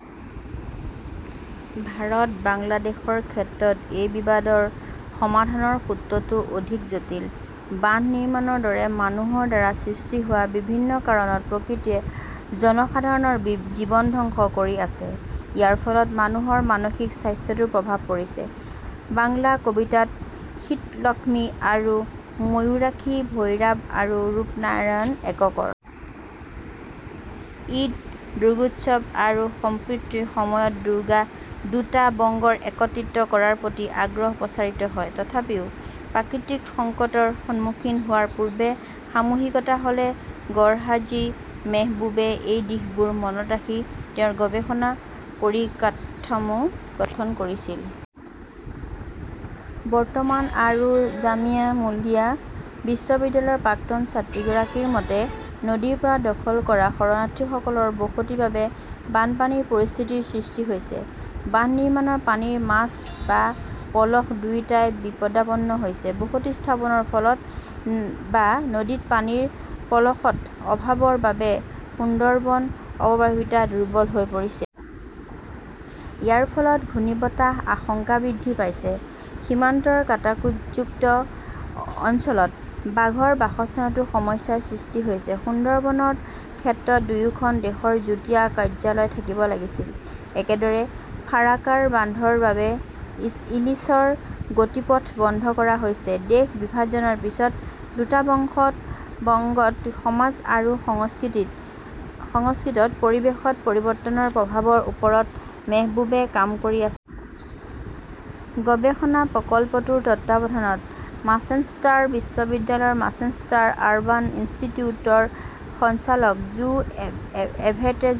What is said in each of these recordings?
ভাৰত, বাংলাদেশৰ ক্ষেত্ৰত এই বিবাদৰ সমাধানৰ সূত্ৰটো অধিক জটিল। বান্ধ নিৰ্মাণৰ দৰে মানুহৰ দ্বাৰা সৃষ্টি হোৱা বিভিন্ন কাৰণত প্ৰকৃতিয়ে জনসাধাৰণৰ জীৱন ধ্বংস কৰি আছে। ইয়াৰ ফলত মানুহৰ মানসিক স্বাস্থ্যতো প্ৰভাৱ পৰিছে। "বাংলা কবিতাত শীতললক্ষ্মী আৰু ময়ূৰাক্ষী, ভৈৰাব আৰু ৰূপনাৰায়ণ এককৰ। ঈদ, দুৰগোৎসব আৰু সম্পৰ্তীৰ সময়ত দুটা বংগক একত্ৰিত কৰাৰ প্ৰতি আগ্ৰহ প্ৰচাৰিত হয়। তথাপিও, প্ৰাকৃতিক সংকটৰ সন্মুখীন হোৱাৰ পূৰ্বে সামূহিকতা হ'লে গৰহাজী। মেহবুবে এই দিশবোৰ মনত ৰাখি তেওঁৰ গৱেষণাৰ পৰিকাঠামো গঠন কৰিছিল। বৰ্তমান আৰু জামিয়া মুলিয়া বিশ্ববিদ্যালয়ৰ প্ৰাক্তন ছাত্ৰীগৰাকীৰ মতে, "নদীৰ পাৰ দখল কৰা শৰণাৰ্থীসকলৰ বসতিৰ বাবে বানপানীৰ পৰিস্থিতিৰ সৃষ্টি হৈছে। বান্ধ নিৰ্মাণত পানীৰ মাছ বা পলস দুয়োটাই বিপদাপন্ন হৈছে। বসতি স্থাপনৰ ফলত বা নদীৰ পানীৰ পলসৰ অভাৱৰ বাবে সুন্দৰবনৰ অৱবাহিকা দুৰ্বল হৈ পৰিছে। ইয়াৰ ফলত ঘূৰ্ণীবতাহ আশংকা বৃদ্ধি পাইছে। সীমান্তৰ কাঁটাযুক্ত অঞ্চলত বাঘৰ বাসস্থানতো সমস্যাৰ সৃষ্টি হৈছে। সুন্দৰবনৰ ক্ষেত্ৰত দুয়োখন দেশৰ যুটীয়া কাৰ্যালয় থাকিব লাগিছিল। "একেদৰে ফাৰাকাৰা বান্ধৰ বাবে ইলিছৰ গতিপথ বন্ধ কৰা হৈছে। দেশ বিভাজনৰ পিছৰ দুটা বংগত সমাজ আৰু সংস্কৃতিত পৰিৱেশগত পৰিৱৰ্তনৰ প্ৰভাৱৰ ওপৰত মেহবুবে কাম কৰি আছে। গৱেষণা প্ৰকল্পটোৰ তত্ত্বাৱধানত মাঞ্চেষ্টাৰ বিশ্ববিদ্যালয়ৰ মাঞ্চেষ্টাৰ আৰবান ইনষ্টিটিউটৰ সঞ্চালক জো এভেট্জে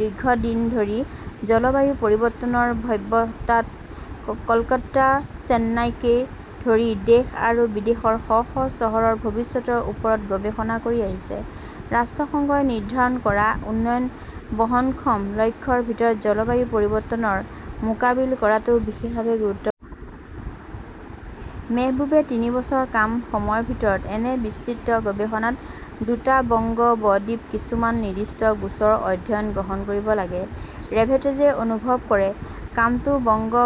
দীৰ্ঘদিন ধৰি জলবায়ু পৰিৱৰ্তনৰ ভব্যতাত কলকাতা, চেন্নাইকে ধৰি দেশ আৰু বিদেশৰ শ শ চহৰৰ ভৱিষ্যতৰ ওপৰত গৱেষণা কৰি আহিছে। ৰাষ্ট্ৰসংঘই নিৰ্ধাৰণ কৰা উন্নয়ন বহনক্ষম লক্ষ্যৰ ভিতৰত জলবায়ু পৰিৱৰ্তনৰ মোকাবিলা কৰাটো বিশেষভাৱে গুৰুত্ব। "মেহবুবে তিনি বছৰৰ কাম সময়ৰ ভিতৰত এনে বিস্তৃত গৱেষণাত দুটা বংগ ব-দ্বীপৰ কিছুমান নিৰ্দিষ্ট গোচৰ-অধ্যয়ন গ্ৰহণ কৰিব লাগে", ৰেভেটজে অনুভৱ কৰে। কামটো বংগ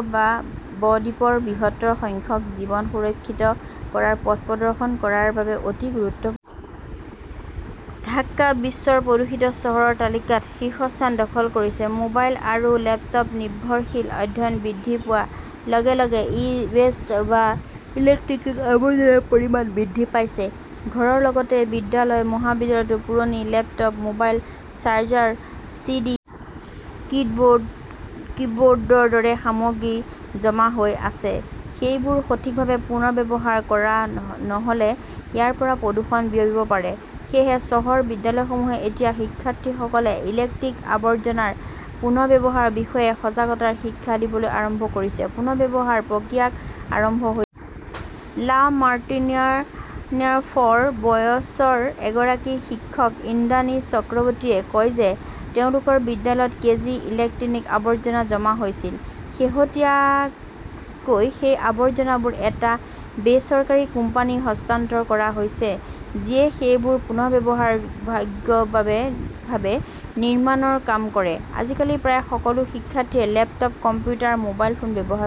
ব-দ্বীপৰ বৃহৎ সংখ্যক জীৱন সুৰক্ষিত কৰাৰ পথ প্ৰদৰ্শন কৰাৰ বাবে অতি গুৰুত্ব। "। ঢাকা বিশ্বৰ প্ৰদূষিত চহৰৰ তালিকাত শীৰ্ষস্থান দখল কৰিছে মোবাইল আৰু লেপটপ-নিৰ্ভৰশীল অধ্যয়ন বৃদ্ধি পোৱাৰ লগে লগে ই-ৱেষ্ট বা ইলেক্ট্ৰনিক আৱৰ্জনাৰ পৰিমাণ বৃদ্ধি পাইছে। ঘৰৰ লগতে বিদ্যালয়-মহাবিদ্যালয়তো পুৰণি laptop, mobile, charger, C. D., কিবৰ্ডৰ দৰে সামগ্ৰী জমা হৈ আছে। সেইবোৰ সঠিকভাৱে পুনৰ্ব্যৱহাৰ কৰা নহ "লে ইয়াৰ পৰা প্ৰদূষণ বিয়পিব পাৰে। সেয়েহে চহৰৰ বিদ্যালয়সমূহে এতিয়া শিক্ষাৰ্থীসকলক ইলেক্ট্ৰনিক আৱৰ্জনাৰ পুনৰ্ব্যৱহাৰৰ বিষয়ে সজাগতাৰ শিক্ষা দিবলৈ আৰম্ভ কৰিছে। পুনৰ্ব্যৱহাৰৰ প্ৰক্ৰিয়া আৰম্ভ হৈ। লা মাৰ্টিনিয়াৰ ফৰ বয়ছৰ এগৰাকী শিক্ষক ইন্দ্ৰাণী চক্ৰৱৰ্তীয়ে কয় যে তেওঁলোকৰ বিদ্যালয়ত কেজি ইলেক্ট্ৰনিক আৱৰ্জনা জমা হৈছিল। শেহতীয়াকৈ সেই আৱৰ্জনাবোৰ এটা বেচৰকাৰী কোম্পানী হস্তান্তৰ কৰা হৈছে যিয়ে সেইবোৰ পুনৰ্ব্যৱহাৰভাগ্যভাৱে নিৰ্মাণৰ কাম কৰে। "আজিকালি প্ৰায় সকলো শিক্ষাৰ্থীয়ে লেপটপ, কম্পিউটাৰ, মোবাইল ফোন ব্যৱহাৰ,